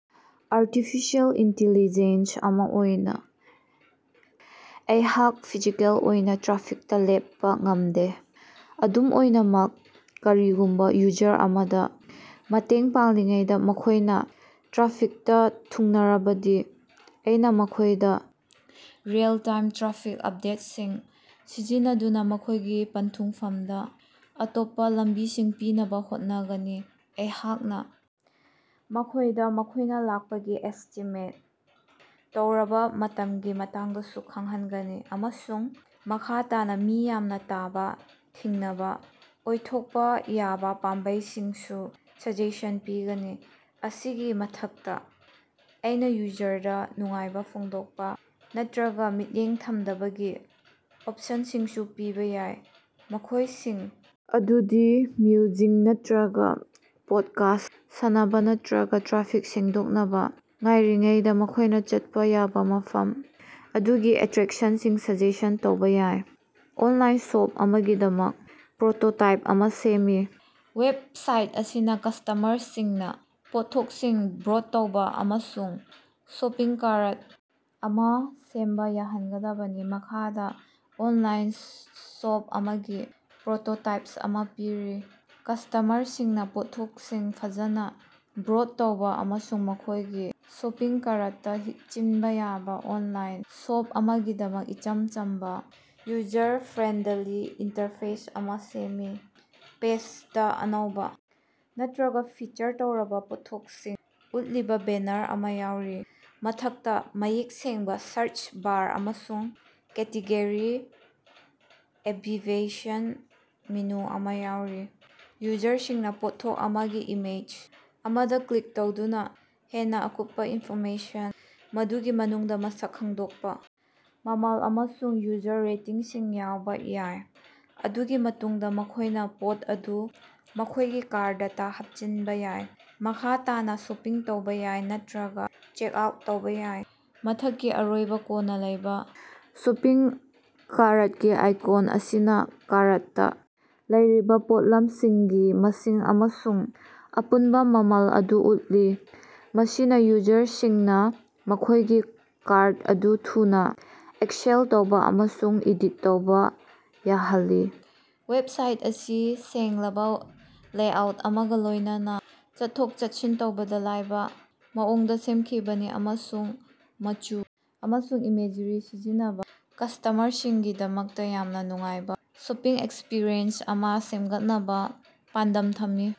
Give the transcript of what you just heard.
Artificial intelligence ꯑꯃ ꯑꯣꯏꯅꯥ ꯑꯩꯍꯥꯛ ꯐꯤꯖꯤꯀꯦꯜ ꯑꯣꯏꯅꯥ ꯇ꯭ꯔꯥꯐꯤꯛꯇꯥ ꯂꯦꯞꯄꯥ ꯉꯝꯗꯦ꯫ ꯑꯗꯨꯝ ꯑꯣꯏꯅꯃꯛ, ꯀꯔꯤꯒꯨꯝꯕꯥ ꯌꯨꯖꯔ ꯑꯃꯗꯥ ꯃꯇꯦꯡ ꯄꯥꯡꯂꯤꯉꯩꯗꯥ ꯃꯈꯣꯏꯅꯥ ꯇ꯭ꯔꯥꯐꯤꯛꯇꯥ ꯊꯨꯡꯅꯔꯕꯗꯤ, ꯑꯩꯅꯥ ꯃꯈꯣꯏꯗꯥ ꯔꯤꯑꯦꯜ-ꯇꯥꯏꯝ ꯇ꯭ꯔꯥꯐꯤꯛ ꯑꯞꯗꯦꯠꯁꯤꯡ ꯁꯤꯖꯤꯟꯅꯗꯨꯅꯥ ꯃꯈꯣꯏꯒꯤ ꯄꯟꯊꯨꯡꯐꯝꯗꯥ ꯑꯇꯣꯞꯄꯥ ꯂꯝꯕꯤꯁꯤꯡ ꯄꯤꯅꯕꯥ ꯍꯣꯠꯅꯒꯅꯤ꯫ ꯑꯩꯍꯥꯛꯅꯥ ꯃꯈꯣꯏꯗꯥ ꯃꯈꯣꯏꯅꯥ ꯂꯥꯛꯄꯒꯤ ꯑꯦꯁꯇꯤꯃꯦꯠ ꯇꯧꯔꯕꯥ ꯃꯇꯝꯒꯤ ꯃꯇꯥꯡꯗꯁꯨ ꯈꯪꯍꯟꯒꯅꯤ ꯑꯃꯁꯨꯡ ꯃꯈꯥ ꯇꯥꯅꯥ ꯃꯤ ꯌꯥꯝꯅꯥ ꯇꯤꯟꯕꯥ ꯊꯤꯡꯅꯕꯥ ꯑꯣꯏꯊꯣꯛꯄꯥ ꯌꯥꯕꯥ ꯄꯥꯝꯕꯩꯁꯤꯡꯁꯨ ꯁꯖꯦꯁꯟ ꯄꯤꯒꯅꯤ꯫ ꯃꯁꯤꯒꯤ ꯃꯊꯛꯇꯥ, ꯑꯩꯅꯥ ꯌꯨꯖꯔꯗꯥ ꯅꯨꯡꯉꯥꯏꯕꯥ ꯐꯣꯡꯗꯣꯛꯄꯥ ꯅꯠꯇ꯭ꯔꯒꯥ ꯃꯤꯠꯌꯦꯡ ꯊꯝꯗꯕꯒꯤ ꯑꯣꯞꯁꯟꯁꯤꯡꯁꯨ ꯄꯤꯕꯥ ꯌꯥꯏ, ꯃꯈꯣꯏꯁꯤꯡ ꯑꯗꯨꯗꯤ ꯃ꯭ꯌꯨꯖꯤꯛ ꯅꯠꯇ꯭ꯔꯒꯥ ꯄꯣꯠꯀꯥꯁ ꯁꯥꯟꯅꯕꯥ ꯅꯠꯇ꯭ꯔꯒꯥ ꯇ꯭ꯔꯥꯐꯤꯛ ꯁꯦꯡꯗꯣꯛꯅꯕꯥ ꯉꯥꯏꯔꯤꯉꯩꯗꯥ ꯃꯈꯣꯏꯅꯥ ꯆꯠꯄꯥ ꯌꯥꯕꯥ ꯃꯐꯝ ꯑꯗꯨꯒꯤ ꯑꯦꯇ꯭ꯔꯦꯛꯁꯟꯁꯤꯡ ꯁꯖꯦꯁꯟ ꯇꯧꯕꯥ ꯌꯥꯏ꯫ ꯑꯣꯟꯂꯥꯏꯟ ꯁꯣꯞ ꯑꯃꯒꯤꯗꯃꯛ ꯄ꯭ꯔꯣꯇꯣꯇꯥꯏꯞ ꯑꯃꯥ ꯁꯦꯝꯃꯨ꯫ ꯋꯦꯕꯁꯥꯏꯠ ꯑꯁꯤꯅꯥ ꯀꯁ꯭ꯇꯃꯔꯁꯤꯡꯅꯥ ꯄꯣꯠꯊꯣꯛꯁꯤꯡ ꯕ꯭ꯔꯣꯠ ꯇꯧꯕꯥ ꯑꯃꯁꯨꯡ ꯁꯣꯄꯤꯡ ꯀꯥꯔꯠ ꯑꯃꯥ ꯁꯦꯝꯕꯥ ꯌꯥꯍꯟꯒꯗꯕꯅꯤ꯫ ꯃꯈꯥꯗꯥ ꯑꯣꯅꯂꯥꯏꯟ ꯁꯣꯞ ꯑꯃꯒꯤ ꯄ꯭ꯔꯣꯇꯣꯇꯥꯏꯞ ꯑꯃꯥ ꯄꯤꯔꯤ꯫ ꯀꯁ꯭ꯇꯃꯔꯁꯤꯡꯅꯥ ꯄꯣꯠꯊꯣꯛꯁꯤꯡ ꯐꯖꯅꯥ ꯕ꯭ꯔꯣꯗ ꯇꯧꯕꯥ ꯑꯃꯁꯨꯡ ꯃꯈꯣꯏꯒꯤ ꯁꯣꯄꯤꯡ ꯀꯥꯔꯠꯇꯥ ꯍꯥꯞꯆꯤꯟꯕꯥ ꯌꯥꯕꯥ ꯑꯣꯅꯂꯥꯏꯟ ꯁꯣꯞ ꯑꯃꯒꯤꯗꯃꯛ ꯏꯆꯝ ꯆꯝꯕꯥ, ꯌꯨꯖꯔ ꯐ꯭ꯔꯦꯟꯗꯂꯤ ꯏꯟꯇꯔꯐꯦꯁ ꯑꯃꯥ ꯁꯦꯝꯃꯨ꯫ ꯄꯦꯖꯗꯥ ꯑꯅꯧꯕꯥ ꯅꯠꯇ꯭ꯔꯒꯥ ꯐꯤꯆꯔ ꯇꯧꯔꯕꯥ ꯄꯣꯠꯊꯣꯛꯁꯤꯡ ꯎꯠꯂꯤꯕꯥ ꯕꯦꯅꯥꯔ ꯑꯃꯥ ꯌꯥꯎꯔꯤ, ꯃꯊꯛꯇꯥ ꯃꯌꯦꯛ ꯁꯦꯡꯕꯥ ꯁꯥꯔꯆ ꯕꯥꯔ ꯑꯃꯁꯨꯡ ꯀꯦꯇꯦꯒꯣꯔꯤ ꯑꯦꯚꯤꯕꯦꯁꯟ ꯃꯦꯅꯨ ꯑꯃꯥ ꯌꯥꯎꯔꯤ꯫ ꯌꯨꯖꯔꯁꯤꯡꯅꯥ ꯄꯣꯠꯊꯣꯛ ꯑꯃꯒꯤ ꯏꯃꯦꯖ ꯑꯃꯗꯥ ꯀ꯭ꯂꯤꯛ ꯇꯧꯗꯨꯅꯥ ꯍꯦꯟꯅꯥ ꯑꯀꯨꯞꯄꯥ ꯏꯟꯐꯣꯔꯃꯦꯁꯟ, ꯃꯗꯨꯒꯤ ꯃꯅꯨꯡꯗꯥ ꯃꯁꯛ ꯈꯪꯗꯣꯛꯄꯥ, ꯃꯃꯜ, ꯑꯃꯁꯨꯡ ꯌꯨꯖꯔ ꯔꯦꯇꯤꯡꯁꯤꯡ ꯌꯥꯎꯕꯥ ꯌꯥꯏ꯫ ꯃꯗꯨꯒꯤ ꯃꯇꯨꯡꯗꯥ ꯃꯈꯣꯏꯅꯥ ꯄꯣꯠ ꯑꯗꯨ ꯃꯈꯣꯏꯒꯤ ꯀꯥꯔꯗꯇꯥ ꯍꯥꯞꯆꯤꯟꯕꯥ ꯌꯥꯏ, ꯃꯈꯥ ꯇꯥꯅꯥ ꯁꯣꯄꯤꯡ ꯇꯧꯕꯥ ꯌꯥꯏ ꯅꯠꯇ꯭ꯔꯒꯥ ꯆꯦꯛꯑꯥꯎꯠ ꯇꯧꯕꯥ ꯌꯥꯏ꯫ ꯃꯊꯛꯀꯤ ꯑꯔꯣꯏꯕꯥ ꯀꯣꯟꯅꯥ ꯂꯩꯕꯥ ꯁꯣꯄꯤꯡ ꯀꯥꯔꯠꯀꯤ ꯑꯥꯏꯀꯣꯟ ꯑꯁꯤꯅꯥ ꯀꯥꯔꯠꯇꯥ ꯂꯩꯔꯤꯕꯥ ꯄꯣꯠꯂꯝꯁꯤꯡꯒꯤ ꯃꯁꯤꯡ ꯑꯃꯁꯨꯡ ꯑꯄꯨꯟꯕꯥ ꯃꯃꯜ ꯑꯗꯨ ꯎꯠꯂꯤ, ꯃꯁꯤꯅꯥ ꯌꯨꯖꯔꯁꯤꯡꯅꯥ ꯃꯈꯣꯏꯒꯤ ꯀꯥꯔꯠ ꯑꯗꯨ ꯊꯨꯅꯥ ꯑꯦꯛꯁꯦꯜ ꯇꯧꯕꯥ ꯑꯃꯁꯨꯡ ꯑꯦꯗꯤꯠ ꯇꯧꯕꯥ ꯌꯥꯍꯜꯂꯤ꯫ ꯋꯦꯕꯁꯥꯏꯠ ꯑꯁꯤ ꯁꯦꯡꯂꯕꯥ ꯂꯦꯑꯥꯎꯠ ꯑꯃꯒꯥ ꯂꯣꯏꯅꯅꯥ ꯆꯠꯊꯣꯛ-ꯆꯠꯁꯤꯟ ꯇꯧꯕꯗꯥ ꯂꯥꯏꯕꯥ ꯃꯑꯣꯡꯗꯥ ꯁꯦꯝꯈꯤꯕꯅꯤ, ꯑꯃꯁꯨꯡ ꯃꯆꯨ ꯑꯃꯁꯨꯡ ꯏꯃꯦꯖꯔꯤ ꯁꯤꯖꯤꯟꯅꯕꯅꯥ ꯀꯁ꯭ꯇꯃꯔꯁꯤꯡꯒꯤꯗꯃꯛꯇꯥ ꯌꯥꯝꯅꯥ ꯅꯨꯡꯉꯥꯏꯕꯥ ꯁꯣꯄꯤꯡ ꯑꯦꯛꯁꯄ꯭ꯔꯤꯌꯦꯟꯁ ꯑꯃꯥ ꯁꯦꯝꯒꯠꯅꯕꯥ ꯄꯥꯟꯗꯝ ꯊꯝꯂꯤ꯫